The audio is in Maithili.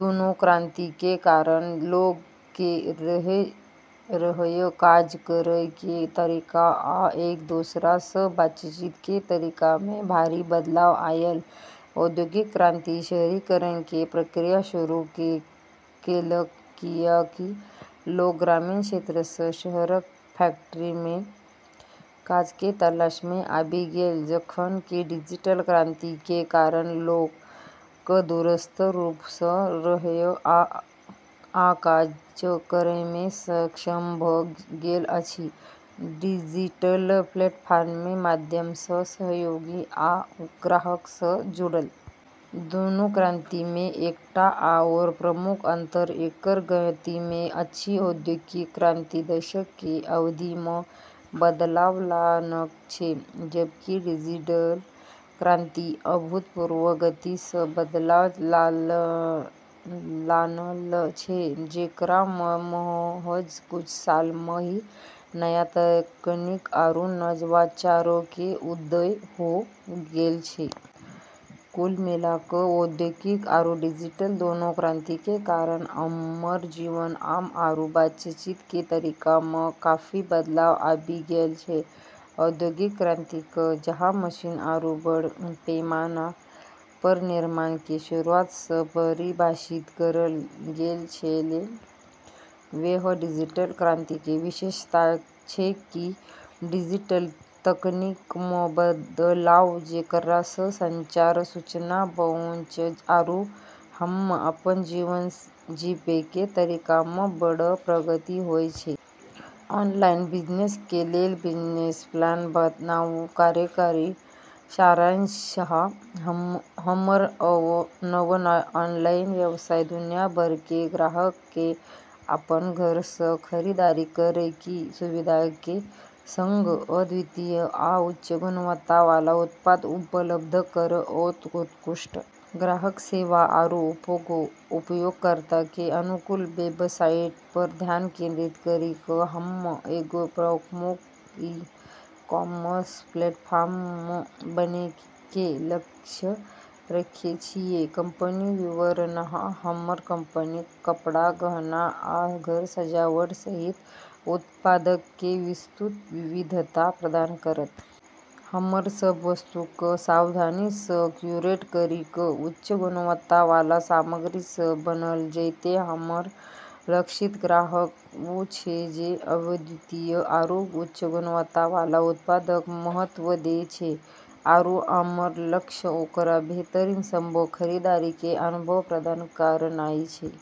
दुनू क्रान्ति के कारण लोक के रहय, काज करय के तरीका आ एक दोसरा सऽ बातचीत के तरीका मे भारी बदलाव आयल ।औद्योगिक क्रांति शहरीकरण के प्रक्रिया शुरू केलक, कियाकि लोक ग्रामीण क्षेत्र सऽ शहरक फैक्ट्री में काज के तलाश में आबि गेल, जखन कि डिजिटल क्रांति के कारण लोक दूरस्थ रूप सऽ रहय आ काज करय में सक्षम भऽ गेल अछि, डिजिटल प्लेटफॉर्म के माध्यम सऽ सहयोगी आ ग्राहक सऽ जुड़ल। दुनू क्रान्ति मे एकटा आओर प्रमुख अंतर एकर गति मे अछि। औद्योगिक क्रांति दशकऽ के अवधि मऽ बदलाव लानल छै, जबकि डिजिटल क्रांति अभूतपूर्व गति सऽ बदलाव लानल छै, जेकरा मऽ महज कुछ साल मऽ ही नया तकनीक आरू नवाचारो के उदय होय गेलऽ छै। कुल मिला कऽ औद्योगिक आरू डिजिटल दोनों क्रांति के कारण हमरऽ जीवन, काम आरू बातचीत के तरीका मऽ काफी बदलाव आबी गेलऽ छै। औद्योगिक क्रांति कऽ जहाँ मशीन आरू बड़ऽ पैमाना पर निर्माण के शुरूआत सऽ परिभाषित करलऽ गेलऽ छेलै, वैह डिजिटल क्रांति के विशेषता छै कि डिजिटल तकनीक मऽ बदलाव, जेकरा सऽ संचार, सूचना पहुँच आरू हम्म अपनऽ जीवन जीबै के तरीका मऽ बड़ऽ प्रगति होय छै। ऑनलाइन बिजनेस के लेल बिजनेस प्लान बनाउ। कार्यकारी सारांश: हमर नव ऑनलाइन व्यवसाय दुनिया भर के ग्राहक के अपन घर सऽ खरीदारी करय के सुविधा के संग अद्वितीय आ उच्च गुणवत्ता वाला उत्पाद उपलब्ध कराओत ।उत्कृष्ट ग्राहक सेवा आरू उपयोगकर्ता के अनुकूल वेबसाइट पर ध्यान केंद्रित करी कऽ हम्म एगो प्रमुख ई-कॉमर्स प्लेटफॉर्म बनै के लक्ष्य रखै छियै। कंपनी विवरण: हमर कंपनी कपड़ा, गहना, आ घर सजावट सहित उत्पाद के विस्तृत विविधता प्रदान करत। हमरऽ सब वस्तु कऽ सावधानी सऽ क्यूरेट करी कऽ उच्च गुणवत्ता वाला सामग्री सऽ बनलऽ जैतै। हमरऽ लक्षित ग्राहक वू छै जे अद्वितीय आरू उच्च गुणवत्ता वाला उत्पाद कऽ महत्व दै छै, आरू हमर लक्ष्य ओकरा बेहतरीन संभव खरीदारी के अनुभव प्रदान करनाइ छै।